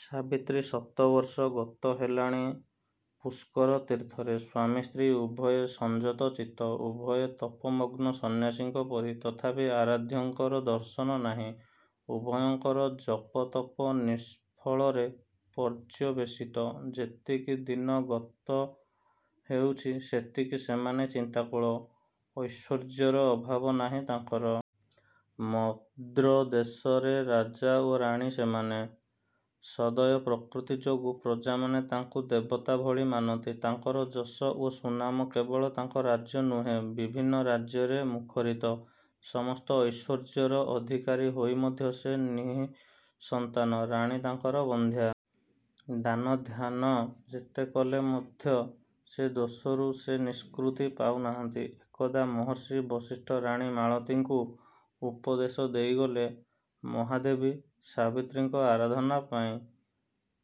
ସାବିତ୍ରୀ ଶତ ବର୍ଷ ଗତ ହେଲାଣି ପୁଷ୍କର ତୀର୍ଥରେ। ସ୍ୱାମୀ ସ୍ତ୍ରୀ ଉଭୟେ ସଂଯତ ଚିତ୍ତ। ଉଭୟେ ତପମଗ୍ନ ସନ୍ନ୍ୟାସୀଙ୍କ ପରି। ତଥାପି ଆରାଧ୍ୟଙ୍କର ଦର୍ଶନ ନାହିଁ। ଉଭୟଙ୍କର ଜପତପ ନିଷ୍ଫଳରେ ପର୍ଯ୍ୟବେଶିତ। ଯେତିକି ଦିନ ଗତ ହେଉଛି ସେତିକି ସେମାନେ ଚିନ୍ତାକୁଳ। ଐଶ୍ୱର୍ଯ୍ୟର ଅଭାବ ନାହିଁ ତାଙ୍କର। ମଦ୍ରଦେଶରେ ରାଜା ଓ ରାଣୀ ସେମାନେ। ସଦୟ ପ୍ରକୃତି ଯୋଗୁ ପ୍ରଜାମାନେ ତାଙ୍କୁ ଦେବତାଭଳି ମାନନ୍ତି। ତାଙ୍କର ଯଶ ଓ ସୁନାମ କେବଳ ତାଙ୍କ ରାଜ୍ୟ ନୁହେ ବିଭିନ୍ନ ରାଜ୍ୟରେ ମୁଖରିତ। ସମସ୍ତ ଐଶ୍ୱର୍ଯ୍ୟର ଅଧିକାରି ହୋଇ ମଧ୍ୟ ସେ ନିଃସନ୍ତାନ। ରାଣୀ ତାଙ୍କର ବନ୍ଧ୍ୟା। ଦାନ ଧ୍ୟାନ ଯେତେକଲେ ମଧ୍ୟ ସେ ଦୋଷରୁ ସେ ନିଷ୍କୃତି ପାଉ ନାହାନ୍ତି। ଏକଦା ମହର୍ଷି ବଶିଷ୍ଠ ରାଣୀ ମାଳତୀଙ୍କୁ ଉପଦେଶ ଦେଇଗଲେ, ମହାଦେବୀ ସାବିତ୍ରୀଙ୍କ ଆରାଧନା ପାଇଁ।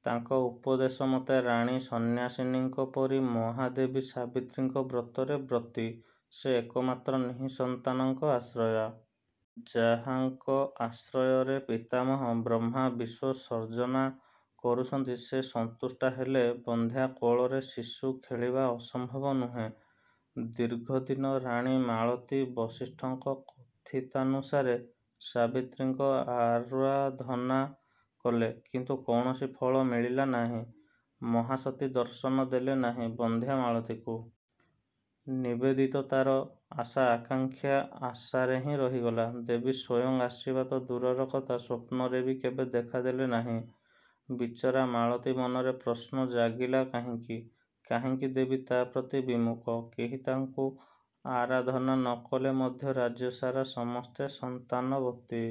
ତାଙ୍କ ଉପଦେଶ ମତେ ରାଣୀ ସନ୍ୟାସିନୀଙ୍କ ପରି ମହାଦେବୀ ସାବିତ୍ରୀଙ୍କ ବ୍ରତରେ ବ୍ରତୀ। ସେ ଏକମାତ୍ର ନିଃସନ୍ତାନଙ୍କ ଆଶ୍ରୟା। ଯାହାଙ୍କ ଆଶ୍ରୟରେ ପିତାମହ ବ୍ରହ୍ମା ବିଶ୍ୱ ସର୍ଜନା କରୁଛନ୍ତି ସେ ସନ୍ତୁଷ୍ଟା ହେଲେ ବନ୍ଧ୍ୟା କୋଳରେ ଶିଶୁ ଖେଳିବା ଅସମ୍ଭବ ନୁହେଁ। ଦୀର୍ଘଦିନ ରାଣୀ ମାଳତୀ ବଶିଷ୍ଠଙ୍କ କଥିତାନୁସାରେ ସାବିତ୍ରୀଙ୍କ ଆରାଧନା କଲେ। କିନ୍ତୁ କୌଣସି ଫଳ ମିଳିଲା ନାହିଁ। ମହାସତୀ ଦର୍ଶନ ଦେଲେ ନାହିଁ ବନ୍ଧ୍ୟା ମାଳତୀକୁ। ନିବେଦିତ ତାର ଆଶା ଆକାଂକ୍ଷା ଆଶାରେହିଁ ରହିଗଲା। ଦେବୀ ସ୍ୱୟଂ ଆସିବା ତ ଦୂରର କଥା, ସ୍ୱପ୍ନରେ ବି କେବେ ଦେଖା ଦେଲେ ନାହିଁ। ବିଚରା ମାଳତୀ ମନରେ ପ୍ରଶ୍ନ ଜାଗିଲା କାହିଁକି? କାହିଁକି ଦେବୀ ତା'ପ୍ରତି ବିମୁଖ। କେହି ତାଙ୍କୁ ଆରାଧନା ନ କଲେ ମଧ୍ୟ ରାଜ୍ୟସାରା ସମସ୍ତେ ସନ୍ତାନବତୀ।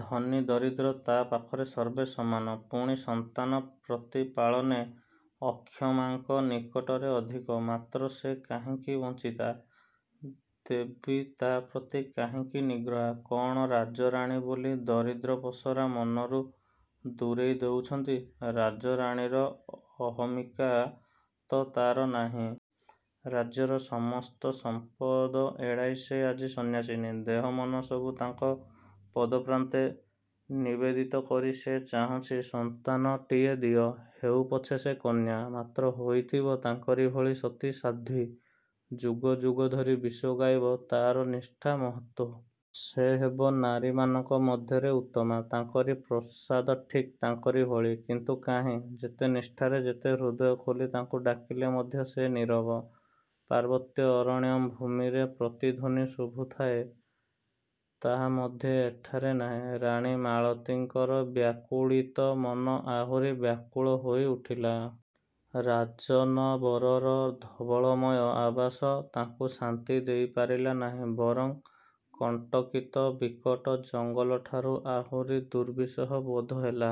ଧନୀ ଦରିଦ୍ର ତା ପାଖରେ ସର୍ବେ ସମାନ। ପୁଣି ସନ୍ତାନ ପ୍ରତିପାଳନେ ଅକ୍ଷମାଙ୍କ ନିକଟରେ ଅଧିକ। ମାତ୍ର ସେ କାହିଁକି ବଞ୍ଚିତା। ଦେବୀ ତା ପ୍ରତି କାହିଁକି ନିଗ୍ରହା। କଣ ରାଜରାଣୀ ବୋଲି 'ଦରିଦ୍ର ପସରା' ମନରୁ ଦୂରେଇ ଦେଉଛନ୍ତି? ରାଜରାଣୀର ଅହମିକା ତ ତାର ନାହିଁ। ରାଜ୍ୟର ସମସ୍ତ ସମ୍ପଦ ଏଡ଼ାଇ ସେ ଆଜି ସନ୍ନ୍ୟାସିନୀ। ଦେହମନ ସବୁ ତାଙ୍କ ପଦପ୍ରାନ୍ତେ ନିବେଦିତ କରି ସେ ଚାହୁଁଛି ସନ୍ତାନଟିଏ ଦିଅ-ହେଉ ପଛେ ସେ କନ୍ୟା, ମାତ୍ର ହୋଇଥିବ ତାଙ୍କରି ଭଳି ସତୀ ସାଧ୍ୱୀ। ଯୁଗ ଯୁଗ ଧରି ବିଶ୍ୱ ଗାଇବ ତାର ନିଷ୍ଠା, ମହତ୍ୱ। ସେ ହେବ ନାରୀମାନଙ୍କ ମଧ୍ୟରେ ଉତ୍ତମା। ତାଙ୍କରି ପ୍ରସାଦ ଠିକ୍ ତାଙ୍କରି ଭଳି। କିନ୍ତୁ କାହିଁ? ଯେତେ ନିଷ୍ଠାରେ ଯେତେ ହୃଦୟ ଖୋଲି ତାଙ୍କୁ ଡାକିଲେ ମଧ୍ୟ ସେ ନୀରବ। ପାର୍ବତ୍ୟ ଅରଣ୍ୟ ଭୂମିରେ ପ୍ରତିଧ୍ୱନୀ ଶୁଭୁଥାଏ ତାହା ମଧ୍ୟ ଏଠାରେ ନାହିଁ। ରାଣୀ ମାଳତୀଙ୍କର ବ୍ୟାକୁଳିତ ମନ ଆହୁରି ବ୍ୟାକୁଳ ହୋଇଉଠିଲା। ରାଜନବରର ଧବଳମୟ ଆବାସ ତାଙ୍କୁ ଶାନ୍ତି ଦେଇପାରିଲା ନାହିଁ ବରଂ କଣ୍ଟକିତ ବିକଟ ଜଙ୍ଗଲଠାରୁ ଆହୁରି ଦୁର୍ବିସହ ବୋଧ ହେଲା।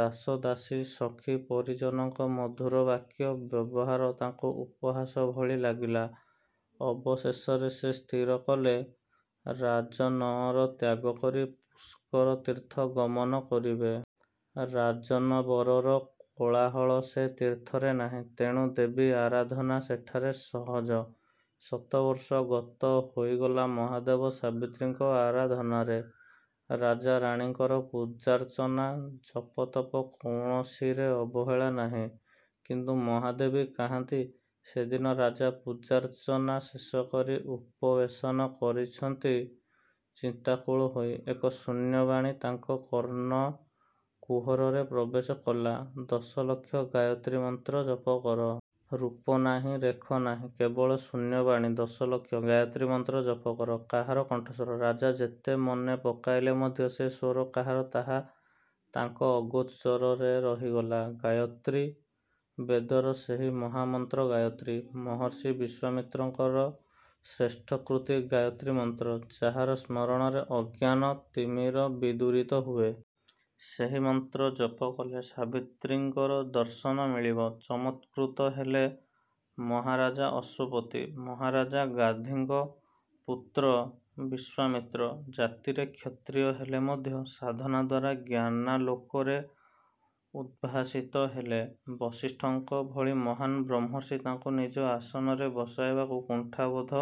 ଦାସଦାସୀ ସଖୀ ପରିଜନଙ୍କ ମଧୁର ବାକ୍ୟ ବ୍ୟବହାର ତାଙ୍କୁ ଉପହାସ ଭଳି ଲାଗିଲା। ଅବଶେଷରେ ସେ ସ୍ଥିର କଲେ ରାଜନଅର ତ୍ୟାଗକରି ପୁଷ୍କରତୀର୍ଥ ଗମନ କରିବେ।। ରାଜନବରର କୋଳାହଳ ସେ ତୀର୍ଥରେ ନାହିଁ। ତେଣୁ ଦେବୀ ଆରାଧନା ସେଠାରେ ସହଜ। ଶତବର୍ଷ ଗତ ହୋଇଗଲା ମହାଦେବ ସାବିତ୍ରୀଙ୍କ ଆରାଧନାରେ। ରାଜା ରାଣୀଙ୍କର ପୂଜାର୍ଚ୍ଚନା ଜପତପ କୌଣସିରେ ଅବହେଳା ନାହିଁ। କିନ୍ତୁ ମହାଦେବୀ କାହାନ୍ତି? ସେଦିନ ରାଜା ପୂଜାର୍ଚ୍ଚନା ଶେଷକରି ଉପବେସନ କରିଛନ୍ତି ଚିନ୍ତାକୁଳ ହୋଇ, ଏକ ଶୂନ୍ୟବାଣୀ ତାଙ୍କ କର୍ଣ୍ଣ କୁହରରେ ପ୍ରବେଶ କଲା 'ଦଶଲକ୍ଷ ଗାୟତ୍ରୀ ମନ୍ତ୍ର ଜପକର'। ରୂପ ନାହିଁ, ରେଖ ନାହିଁ, କେବଳ ଶୂନ୍ୟବାଣୀ ଦଶଲକ୍ଷ ଗାୟତ୍ରୀ ମନ୍ତ୍ର ଜପକର। କାହାର କଣ୍ଠସ୍ୱର-ରାଜା ଯେତେ ମନେପକାଇଲେ ମଧ୍ୟ ସେ ସ୍ୱର କାହାର ତାହା ତାଙ୍କ ଅଗୋଚରରେ ରହିଗଲା। ଗାୟତ୍ରୀ! ବେଦର ସେହି ମହାମନ୍ତ୍ର ଗାୟତ୍ରୀ। ମହର୍ଷି ବିଶ୍ୱାମିତ୍ରଙ୍କ ଶ୍ରେଷ୍ଠକୃତି ଗାୟତ୍ରୀ ମନ୍ତ୍ର। ଯାହାର ସ୍ମରଣରେ ଅଜ୍ଞାନ ତିମିର ବିଦୂରିତ ହୁଏ। ସେହି ମନ୍ତ୍ର ଜପକଲେ ସାବିତ୍ରୀଙ୍କର ଦର୍ଶନ ମିଳିବ। ଚମତ୍କୃତ ହେଲେ ମହାରାଜା ଅଶ୍ୱପତି। ମହାରାଜା ଗାଧିଙ୍କ ପୁତ୍ର ବିଶ୍ୱାମିତ୍ର। ଜାତିରେ କ୍ଷତ୍ରିୟ ହେଲେ ମଧ୍ୟ ସାଧନାଦ୍ୱାରା ଜ୍ଞାନାଲୋକରେ ଉଦ୍ଭାଷିତ ହେଲେ। ବଶିଷ୍ଠଙ୍କ ଭଳି ମହାନ୍ ବ୍ରହ୍ମର୍ଷି ତାଙ୍କୁ ନିଜ ଆସନରେ ବସାଇବାକୁ କୁଣ୍ଠାବୋଧ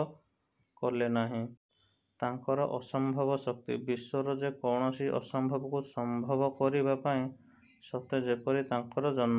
କଲେ ନାହିଁ। ତାଙ୍କର ଅସମ୍ଭବ ଶକ୍ତି। ବିଶ୍ୱର ଯେ କୌଣସି ଅସମ୍ଭବକୁ ସମ୍ଭବ କରିବା ପାଇଁ ସତେ ଯେପରି ତାଙ୍କର ଜନ୍ମ।